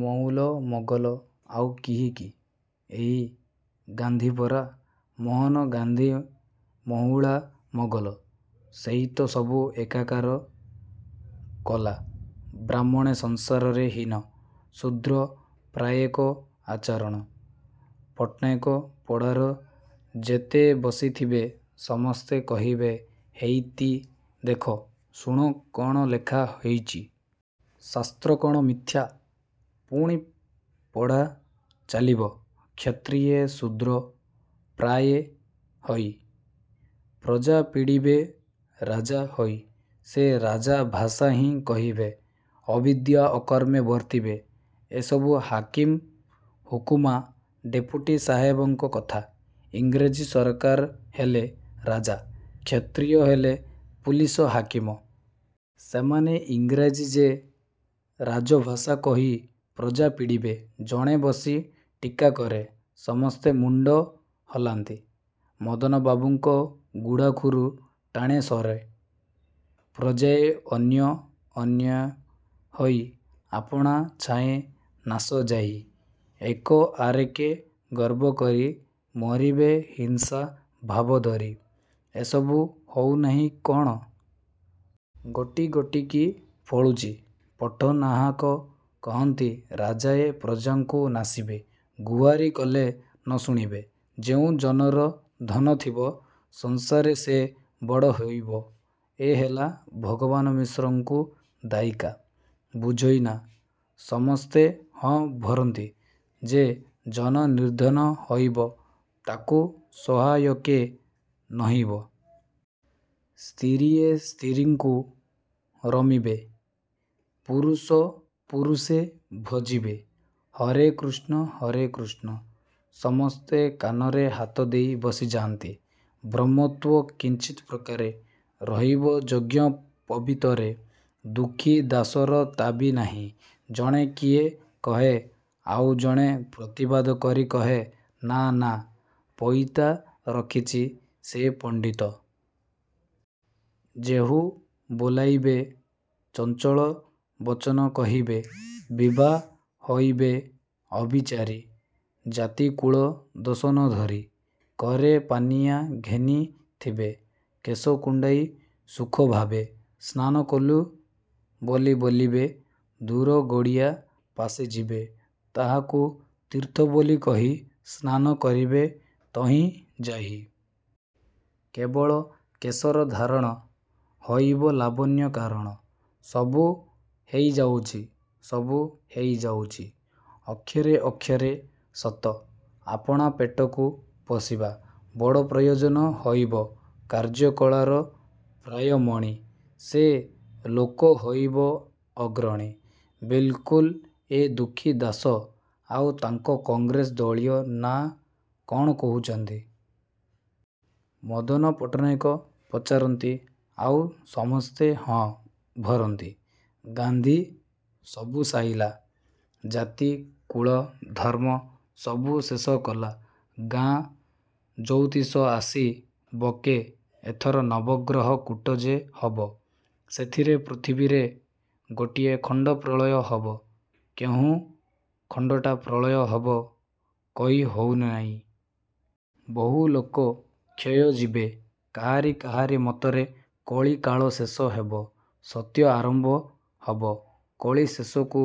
ମଉଲ ମୋଗଲ ଆଉ କିଏ କି! ଏଇ ଗାନ୍ଧି ପରା। ମୋହନ ଗାନ୍ଧି ମଉଳା ମୋଗଲ। ସେଇ ତ ସବୁ ଏକାକାର କଲା। ବ୍ରାହ୍ମଣେ ସଂସାରରେ ହୀନ। ଶୂଦ୍ର ପ୍ରାୟେକ ଆଚରଣ। ପଟ୍ଟନାୟକ ପଡ଼ାର ଯେତେ ବସିଥିବେ ସମସ୍ତେ କହିବେ, ହେଇତି ଦେଖ, ଶୁଣ, କ'ଣ ଲେଖା ହେଇଚି। ଶାସ୍ତ୍ର କ'ଣ ମିଥ୍ୟା। ପୁଣି ପଢ଼ାଚାଲିବ, କ୍ଷତ୍ରିୟେ ଶୂଦ୍ର ପ୍ରାୟେ ହୋଇ। ପ୍ରଜା ପୀଡ଼ିବେ ରାଜା ହୋଇ। ସେ ରାଜା ଭାଷାହିଁ କହିବେ। ଅବିଦ୍ୟା ଅକର୍ମେ ବର୍ତ୍ତିବେ। ଏସବୁ ହାକିମ ହୁକୁମା ଡେପୁଟି ସାହେବଙ୍କ କଥା। ଇଂରେଜୀ ସରକାର ହେଲେ ରାଜା। କ୍ଷତ୍ରିୟ ହେଲେ ପୁଲିସ ହାକିମ। ସେମାନେ ଇଂରାଜୀ ଯେ ରାଜଭାଷା କହି ପ୍ରଜା ପୀଡ଼ିବେ। ଜଣେ ବସି ଟୀକା କରେ, ସମସ୍ତେ ମୁଣ୍ଡ ହଲାନ୍ତି। ମଦନବାବୁଙ୍କ ଗୁଡ଼ାଖୁରୁ ଟାଣେ ସରେ। ପ୍ରଜାଏ ଅନ୍ୟ ଅନ୍ୟା ହୋଇ। ଆପଣା ଛାଏଁ ନାଶଯାଇ। ଏକ ଆରେକେ ଗର୍ବ କରି। ମରିବେ ହିଂସା ଭାବଧରି। ଏସବୁ ହଉ ନାହିଁ କ'ଣ! ଗୋଟି ଗୋଟିକି ଫଳୁଛି। ପଟ୍ଟନାହକ କହନ୍ତି, ରାଜାଏ ପ୍ରଜାଙ୍କୁ ନାଶିବେ। ଗୁହାରି କଲେ ନ ଶୁଣିବେ। ଯେଉଁ ଜନର ଧନ ଥିବ। ସଂସାରେ ସେ ବଡ଼ ହୋଇବ। ଏ ହେଲା ଭଗବାନ ମିଶ୍ରଙ୍କୁ ଦାୟିକା, ବୁଝଇନା? ସମସ୍ତେ ହଁ ଭରନ୍ତି। ଯେ ଜନ ନିର୍ଧନ ହୋଇବ। ତାକୁ ସହାୟ କେ ନୋହିବ। ସ୍ତିରୀଏ ସ୍ତିରୀଙ୍କୁ ରମିବେ। ପୁରୁଷ ପୁରୂଷେ ଭଜିବେ। ହରେ କୃଷ୍ଣ, ହରେ କୃଷ୍ଣ। ସମସ୍ତେ କାନରେ ହାତଦେଇ ବସିଯାନ୍ତି। ବ୍ରହ୍ମତ୍ୱ କିଞ୍ଚିତ୍ ପ୍ରକାରେ। ରହିବ ଯଜ୍ଞୋପବୀତରେ। ଦୁଃଖୀ ଦାଶର ତା'ବି ନାହିଁ। ଜଣେ କିଏ କହେ ଆଉ ଜଣେ ପ୍ରତିବାଦ କରି କହେ, ନା ନା ପଇତା ରଖିଛି ସେ। ପଣ୍ଡିତ ଯେହୁ ବୋଲାଇବେ। ଚଞ୍ଚଳ ବଚନ କହିବେ। ବିଭା ହୋଇବେ ଅବିଚାରି। ଜାତିକୁଳ ଦୋଷ ନ ଧରି। କରେ ପାନିଆ ଘେନିଥିବେ। କେଶ କୁଣ୍ଡାଇ ସୁଖଭାବେ। ସ୍ନାନ କଲୁ ବୋଲି ବୋଲିବେ। ଦୂର ଗଡ଼ିଆ ପାଶେ ଯିବେ। ତାହାକୁ ତୀର୍ଥ ବୋଲି କହି। ସ୍ନାନ କରିବେ ତହିଁ ଯାଇ। କେବଳ କେଶର ଧାରଣ। ହୋଇବ ଲାବଣ୍ୟ କାରଣ। ସବୁ ହେଇଯାଉଛି, ସବୁ ହେଇଯାଉଛି, ଅକ୍ଷରେ ଅକ୍ଷରେ ସତ। ଆପଣା ପେଟକୁ ପୋଷିବା। ବଡ଼ ପ୍ରୟୋଜନ ହୋଇବ। କାର୍ଯ୍ୟକଳାର ପ୍ରାୟ ମଣି। ସେ ଲୋକ ହୋଇବ ଅଗ୍ରଣୀ। ବିଲ୍କୁଲ୍ ଏ ଦୁଃଖୀ ଦାଶ ଆଉ ତାଙ୍କ କଂଗ୍ରେସ ଦଳୀୟ ନା କ'ଣ କହୁଛନ୍ତି? ମଦନ ପଟ୍ଟନାୟକ ପଚାରନ୍ତି। ଆଉ ସମସ୍ତେ ହଁ ଭରନ୍ତି। ଗାନ୍ଧି ସବୁ ସାଇଲା। ଜାତି କୁଳ ଧର୍ମ ସବୁ ଶେଷ କଲା। ଗାଁ ଜଉତିଷ ଆସି ବକେ ଏଥର ନବଗ୍ରହ କୂଟ ଯେ ହବ, ସେଥିରେ ପୃଥିବୀରେ ଗୋଟିଏ ଖଣ୍ଡପ୍ରଳୟ ହବ। କେଉଁ ଖଣ୍ଡଟା ପ୍ରଳୟ ହବ, କହି ହଉ ନାହିଁ। ବହୁଲୋକ କ୍ଷୟ ଯିବେ, କାହାରି କାହାରି ମତରେ କଳିକାଳ ଶେଷ ହେବ, ସତ୍ୟ ଆରମ୍ଭ ହବ। କଳି ଶେଷକୁ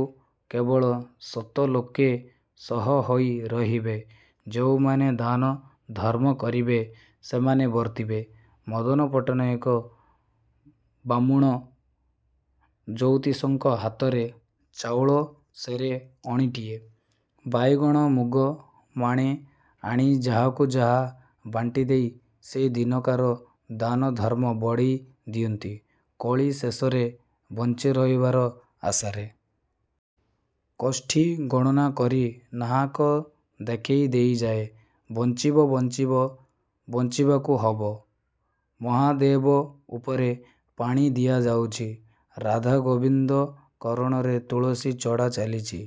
କେବଳ ସତ ଲୋକେ ଶହ ହୋଇ ରହିବେ। ଯେଉଁମାନେ ଦାନ ଧର୍ମ କରିବେ, ସେମାନେ ବର୍ତ୍ତିବେ। ମଦନ ପଟ୍ଟନାୟକ ବାହ୍ମୁଣ ଜଉତିଷଙ୍କ ହାତରେ ଚାଉଳ ସେରେ, ଅଣିଟିଏ, ବାଇଗଣ ମୁଗ ମାଣେ ଆଣି ଯାହାକୁ ଯାହା ବାଣ୍ଟି ଦେଇ ସେଦିନକାର ଦାନ ଧର୍ମ ବଢ଼େଇ ଦିଅନ୍ତି, କଳି ଶେଷରେ ବଞ୍ଚି ରହିବାର ଆଶାରେ। କୋଷ୍ଠୀ ଗଣନା କରି ନାହାକ ଦେଖେଇ ଦେଇଯାଏ, ବଞ୍ଚିବ, ବଞ୍ଚିବ, ବଞ୍ଚିବାକୁ ହବ। ମହାଦେବ ଉପରେ ପାଣି ଦିଆଯାଉଛି, ରାଧା ଗୋବିନ୍ଦ କରଣରେ ତୁଳସୀ ଚଢ଼ା ଚାଲିଚି,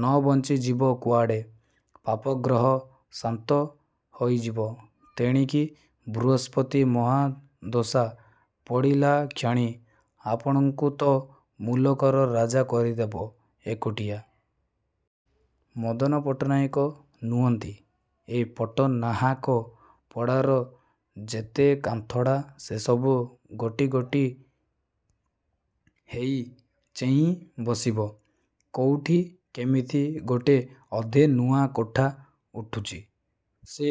ନ ବଞ୍ଚି ଯିବ କୁଆଡ଼େ। ପାପଗ୍ରହ ଶାନ୍ତ ହୋଇଯିବ। ତେଣିକି ବୃହସ୍ପତି ମହାଦଶା ପଡ଼ିଲାକ୍ଷଣି, ଆପଣଙ୍କୁ ତ ମୁଲକର ରାଜା କରିଦେବ। ଏକୁଟିଆ ମଦନ ପଟ୍ଟନାୟକ ନୁହନ୍ତି। ଏ ପଟ୍ଟନାହାକ ପଡ଼ାର ଯେତେ କାନ୍ଥଡ଼ା ସେସବୁ ଗୋଟି ଗୋଟି ହେଇ ଚେଇଁ ବସିବ। କୋଉଠି କେମିତି ଗୋଟେ ଅଧେ ନୂଆ କୋଠା ଉଠୁଛି। ସେ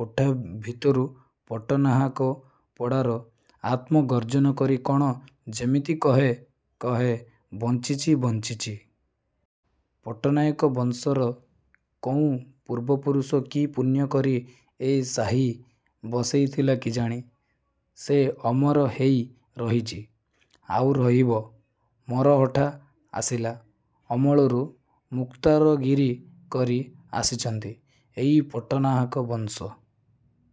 କୋଠା ଭିତରୁ ପଟ୍ଟନାହାକ ପଡ଼ାର ଆତ୍ମ ଗର୍ଜନ କରି କ'ଣ ଯେମିତି କହେ। କହେ, ବଞ୍ଚିଛି, ବଞ୍ଚିଛି। ପଟ୍ଟନାୟକ ବଂଶର କୋଉଁ ପୂର୍ବପୁରୁଷ କି ପୁଣ୍ୟ କରି ଏ ସାହି ବସେଇଥିଲା କିଜାଣି, ସେ ଅମର ହେଇ ରହିଚି, ଆଉ ରହିବ। ମରହଟ୍ଟା ଆସିଲା ଅମଳରୁ ମୁକ୍ତାରଗିରି କରି ଆସିଚନ୍ତି ଏଇ ପଟ୍ଟନାହାକ ବଂଶ।